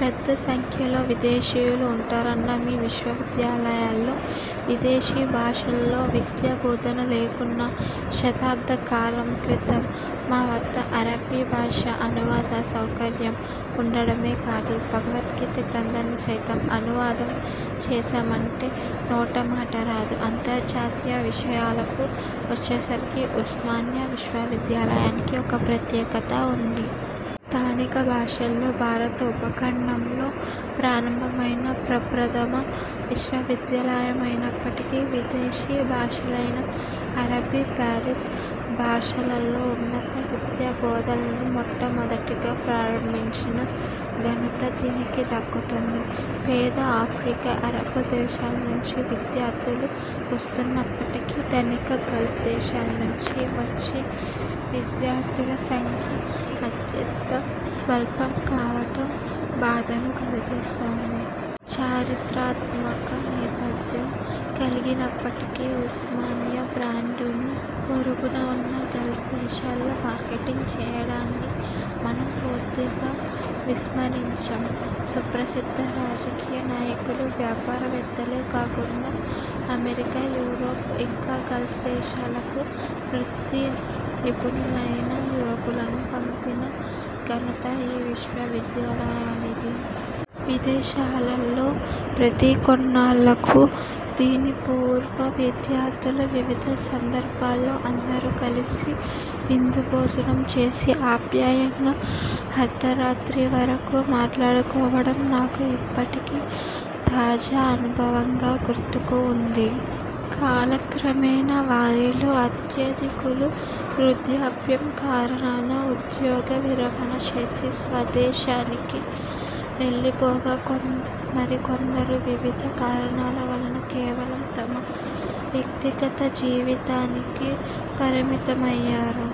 పెద్ద సంఖ్యలో విదేశీయులు ఉంటున్నా మీ విశ్వవిద్యాలయాలలో విదేశీ భాషలలో విద్యా బోధన లేకున్నా శతాబ్ద కాలం క్రితం మా వద్ద అరబ్బీ భాష అనువాద సౌకర్యం ఉండడమే కాదు, భగవద్గీత గ్రంథాన్ని సైతం అనువాదం చేసామంటే నోట మాట రాదు. అంతర్జాతీయ విషయాలకు వచ్చేసరికి ఉస్మానియా విశ్వవిద్యాలయానికి ఒక ప్రత్యేకత ఉంది. స్థానిక భాషలో భారత ఉపఖండంలో ప్రారంభమైన ప్రప్రథమ విశ్వవిద్యాలయమైనప్పటికీ విదేశీ భాషలైన అరబ్బీ, పార్సీ భాషలలో ఉన్నత విద్యా బోధనలను మొట్టమొదటగా ప్రారంభిం చిన ఘనత దీనికి దక్కుతుంది. పేద ఆఫ్రికా, అరబ్బు దేశాల నుంచి విద్యా ర్థులు వస్తున్నప్పటికీ ధనిక గల్ఫ్ దేశాల నుంచి వచ్చే విద్యార్థుల సంఖ్య అత్యంత స్వల్పం కావటం బాధను కల్గిస్తుంది. చారిత్ర్మాక నేపథ్యం కల్గినప్పటికీ ఉస్మా నియా బ్రాండును పొరుగున ఉన్న గల్ఫ్ దేశాల్లో మార్కెటింగ్ చేయడాన్ని మనం పూర్తిగా విస్మరించాం. సుప్రసిద్ధ రాజకీయ నాయకులు, వ్యాపార వేత్తలే కాకుండా అమెరికా, యూరోప్, ఇంకా గల్ఫ్ దేశాలకు వృత్తి నిపుణులైన యువకులను పంపిన ఘనత ఈ విశ్వవిద్యాలయానిది. విదేశాలలో ప్రతి కొన్నాళ్ళకు దీని పూర్వ విద్యార్థులు వివిధ సందర్భాలలో అందరు కలిసి విందు భోజనం చేసి అప్యాయంగా అర్ధరాత్రి వరకు మాట్లాడుకోవడం నాకు ఇప్పటికి తాజ అనుభవంగా గుర్తుకు ఉంది. కాలక్రమేణా వారిలో అత్యధికులు వృద్ధాప్యం కారణాన ఉద్యోగ విరమణ చేసి స్వదేశానికి వెళ్ళిపోగా మరికొందరు వివిధ కారణాల వలన కేవలం తమ వ్యక్తిగత జీవితానికి పరిమితమయ్యారు.